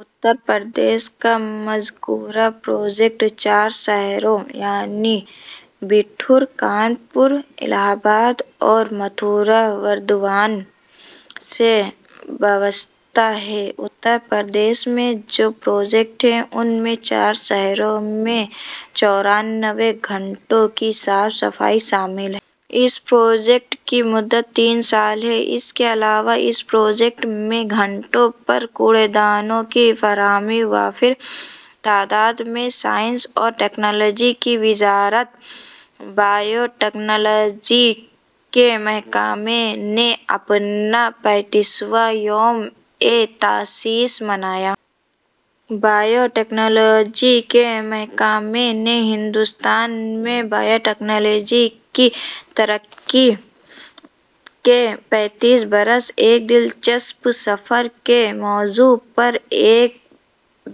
اترپردیش کا مذکورہ پروجیکٹ چار شہروں یعنی بٹھور، کانپور، الہ آباد اور متھرا-برنداون سے وابستہ ہے۔ اترپردیش میں جو پروجیکٹ ہیں، ان میں چار شہروں میں چورانوے گھاٹوں کی صفائی ستھرائی شامل ہے۔ اس پروجیکٹ کی مدت تین سال ہے۔ اس کے علاوہ اس پروجیکٹ میں گھاٹوں پر کوڑے دانوں کی فراہمی وافر تعداد میں۔ سائنس اور ٹیکنالوجی کی وزارت بایوٹکنالوجی کے محکمہ نے اپنا پینتیس واں یومِ تاسیس منایا۔ بایوٹکنالوجی کے محکمہ نے "ہندوستان میں بایوٹکنالوجی کی ترقی کے پینتیس برس، ایک دلچسپ سفر" کے موضوع پر ایک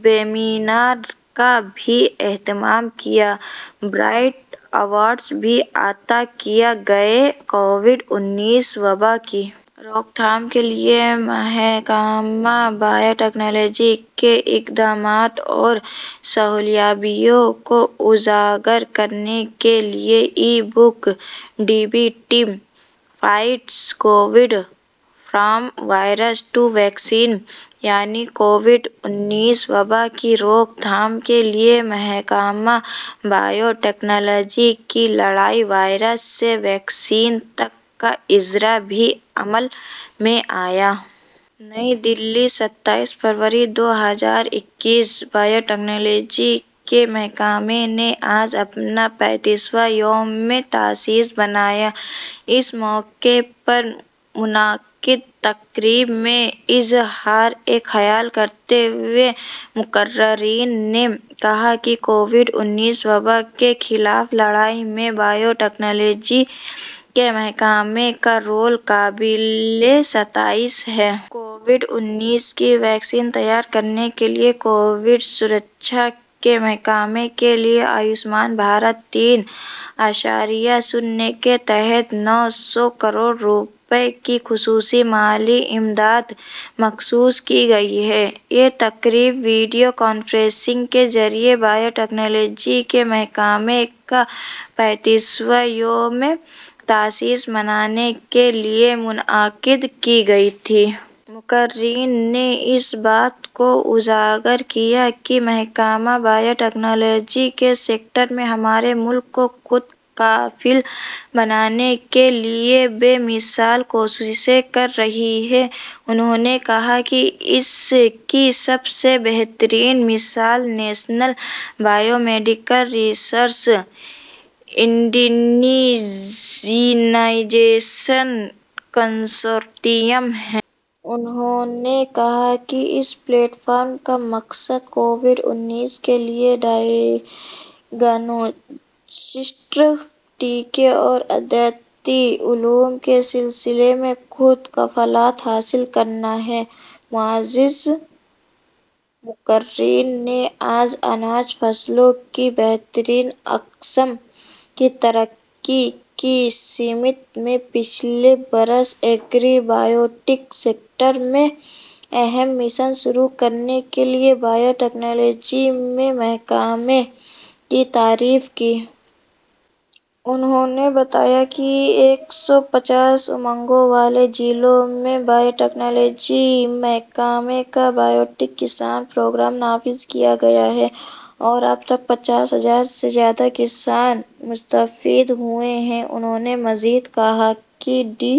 ویبینار کا بھی اہتمام کیا۔ برائٹ ایوارڈز بھی عطا کیے گئے۔ کووڈ-انیس وبا کی روک تھام کے لیے محکمہ بایوٹکنالوجی کے اقدامات اور حصولیابیوں کو اجاگر کرنے کے لیے ebook "D B T fights covid, from virus to vaccine", یعنی کووڈ-انیس وبا کی روک تھام کے لیے محکمہ بایوٹکنالوجی کی لڑائی، وائرس سے ویکسین تک، کا اجرا بھی عمل میں آیا۔ نئی دہلی، ستائیس فروری دو ہزار اکیس: بایوٹکنالوجی کے محکمہ نے آج اپنا پینتیس واں یومِ تاسیس منایا۔ اس موقع پر منعقدہ تقریب میں اظہارِ خیال کرتے ہوئے مقررین نے کہا کہ "کووڈ-انیس وبا کے خلاف لڑائی میں بایوٹکنالوجی کے محکمہ کا رول قابلِ ستائش ہے۔" کووڈ انیس کی ویکسین تیار کرنے کے لیے کووڈ-سرکشا کے محکمہ کے لیے آیوشمان بھارت تین اعشاریہ صفر کے تحت نو سو کروڑ روپے کی خصوصی مالی امداد مختص کی گئی ہے۔ یہ تقریب ویڈیو کانفرنسنگ کے ذریعے بایوٹکنالوجی کے محکمہ کا پینتیس واں یومِ تاسیس منانے کے لیے منعقد کی گئی تھی۔ مقررین نے اس بات کو اجاگر کیا کہ محکمہ بایوٹکنالوجی کے سیکٹر میں ہمارے ملک کو خود کفیل بنانے کے لیے بے مثال کوششیں کر رہا ہے۔ انہوں نے کہا کہ اس کی سب سے بہترین مثال "national biomedical resource indigenization consortium" ہے۔ انہوں نے کہا کہ "اس پلیٹ فارم کا مقصد کووڈ-انیس کے لیے ڈائگنوسٹک، ٹیکے اور ادویاتی علوم کے سلسلے میں خود کفالت حاصل کرنا ہے۔" معزز مقررین نے اناج فصلوں کی بہترین اقسام کی ترقی کی سمت میں پچھلے برس ایگری-بایوٹیک سیکٹر میں اہم مشن شروع کرنے کے لیے بایوٹکنالوجی کے محکمہ کی تعریف کی۔ انہوں نے بتایا کہ "ایک سو پانچ امنگوں والے ضلعوں میں بایوٹکنالوجی محکمہ کا بایوٹیک کسان پروگرام نافذ کیا گیا ہے اور اب تک پچاس ہزار سے زیادہ کسان مستفید ہوئے ہیں۔" انہوں نے مزید کہا کہ "ڈی...